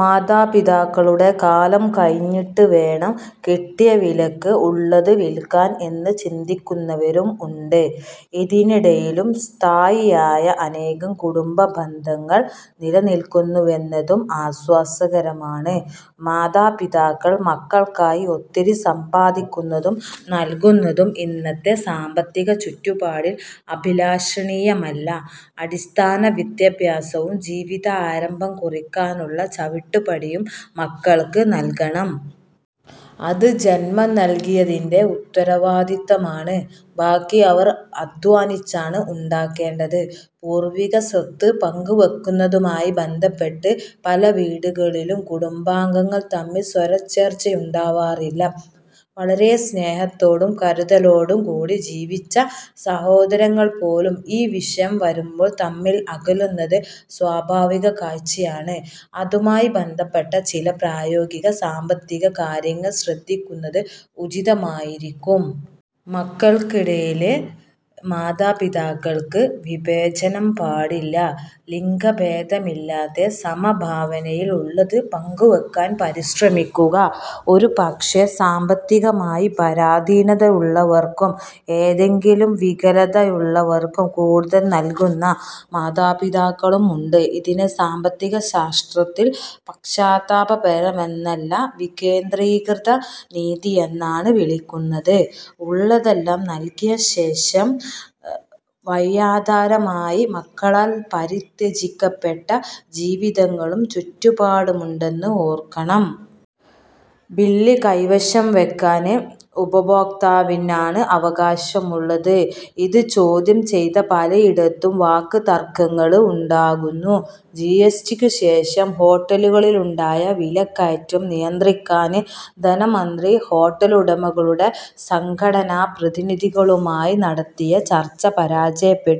മാതാപിതാക്കളുടെ കാലം കഴിഞ്ഞിട്ട് വേണം കിട്ടിയ വിലയ്ക്ക് ഉള്ളത് വിൽക്കാൻ എന്ന് ചിന്തിക്കുന്നവരും ഉണ്ട്. ഇതിനിടയിലും സ്ഥായിയായ അനേകം കുടുംബ ബന്ധങ്ങൾ നിലനിൽക്കുന്നുവെന്നതും ആശ്വാസകരമാണ്. മാതാപിതാക്കൾ മക്കൾക്കായി ഒത്തിരി സമ്പാദിക്കുന്നതും നൽകുന്നതും ഇന്നത്തെ സാമ്പത്തിക ചുറ്റുപാടിൽ അഭിലഷണീയമല്ല. അടിസ്ഥാന വിദ്യാഭ്യാസവും ജീവിതാരംഭം കുറിക്കാനുള്ള ചവിട്ടുപടിയും മക്കൾക്ക് നൽകണം. അത് ജന്മം നൽകിയതിന്റെ ഉത്തരവാദിത്വമാണ്. ബാക്കി അവർ അദ്ധ്വാനിച്ചാണ് ഉണ്ടാക്കേണ്ടത്. പൂർവികസ്വത്ത് പങ്കുവയ്ക്കുന്നതുമായി ബന്ധപ്പെട്ട് പല വീടുകളിലും കുടുംബാംഗങ്ങൾ തമ്മിൽ സ്വരച്ചേർച്ചയുണ്ടാവാറില്ല. വളരെ സ്നേഹത്തോടും കരുതലോടും കൂടി ജീവിച്ച സഹോദരങ്ങൾ പോലും ഈ വിഷയം വരുമ്പോൾ തമ്മിൽ അകലുന്നത് സ്വാഭാവിക കാഴ്ചയാണ്. അതുമായി ബന്ധപ്പെട്ട ചില പ്രായോഗിക സാമ്പത്തിക കാര്യങ്ങൾ ശ്രദ്ധിക്കുന്നത് ഉചിതമായിരിക്കും. മക്കൾക്കിടയിൽ മാതാപിതാക്കൾക്ക് വിവേചനം പാടില്ല. ലിംഗഭേദമില്ലാതെ സമഭാവനയിൽ ഉള്ളത് പങ്കുവയ്ക്കുവാൻ പരിശ്രമിക്കുക. ഒരുപക്ഷേ സാമ്പത്തികമായി പരാധീനതയുള്ളവർക്കും എന്തെങ്കിലും വികലതയുള്ളവർക്കും കൂടുതൽ നൽകുന്ന മാതാപിതാക്കളും ഉണ്ട്. ഇതിനെ സാമ്പത്തിക ശാസ്ത്രത്തിൽ പക്ഷപാതപരമെന്നല്ല വികേന്ദ്രീകൃത നീതിയെന്നാണ് വിളിക്കുന്നത്. ഉള്ളതെല്ലാം നൽകിയതിനുശേഷം വഴിയാധാരമായി മക്കളാൽ പരിത്യജിക്കപ്പെട്ട ജീവിതങ്ങളും ചുറ്റുപാടുമുണ്ടെന്ന് ഓർക്കണം. ബില്ല് കൈവശംവെയ്ക്കാന് ഉപഭോക്താവിനാണ് അവകാശമുള്ളത്. ഇത് ചോദ്യം ചെയ്ത പലയിടത്തും വാക്ക്തര്ക്കങ്ങള് ഉണ്ടാകുന്നു. ജിഎസ്ടിക്കുശേഷം ഹോട്ടലുകളിലുണ്ടായ വിലക്കയറ്റം നിയന്ത്രിക്കാന് ധനമന്ത്രി ഹോട്ടലുടമകളുടെ സംഘടനാപ്രതിനിധികളുമായി നടത്തിയ ചര്ച്ച പരാജയപ്പെട്ടിരുന്നു.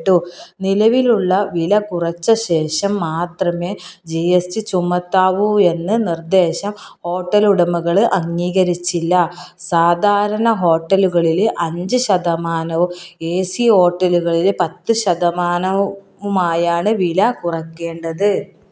നിലവിലുള്ള വിലകുറച്ചശേഷംമാത്രമെ ജിഎസ്ടി ചുമത്താവൂയെന്ന നിര്ദേശം ഹോട്ടലുടമകള് അംഗീകരിച്ചില്ല. സാധാരണ ഹോട്ടലുകളില് അഞ്ച് ശതമാനവും എസി ഹോട്ടലുകളില് പത്ത് ശതമാനവുമാണ് വിലകുറയ്ക്കേണ്ടത്.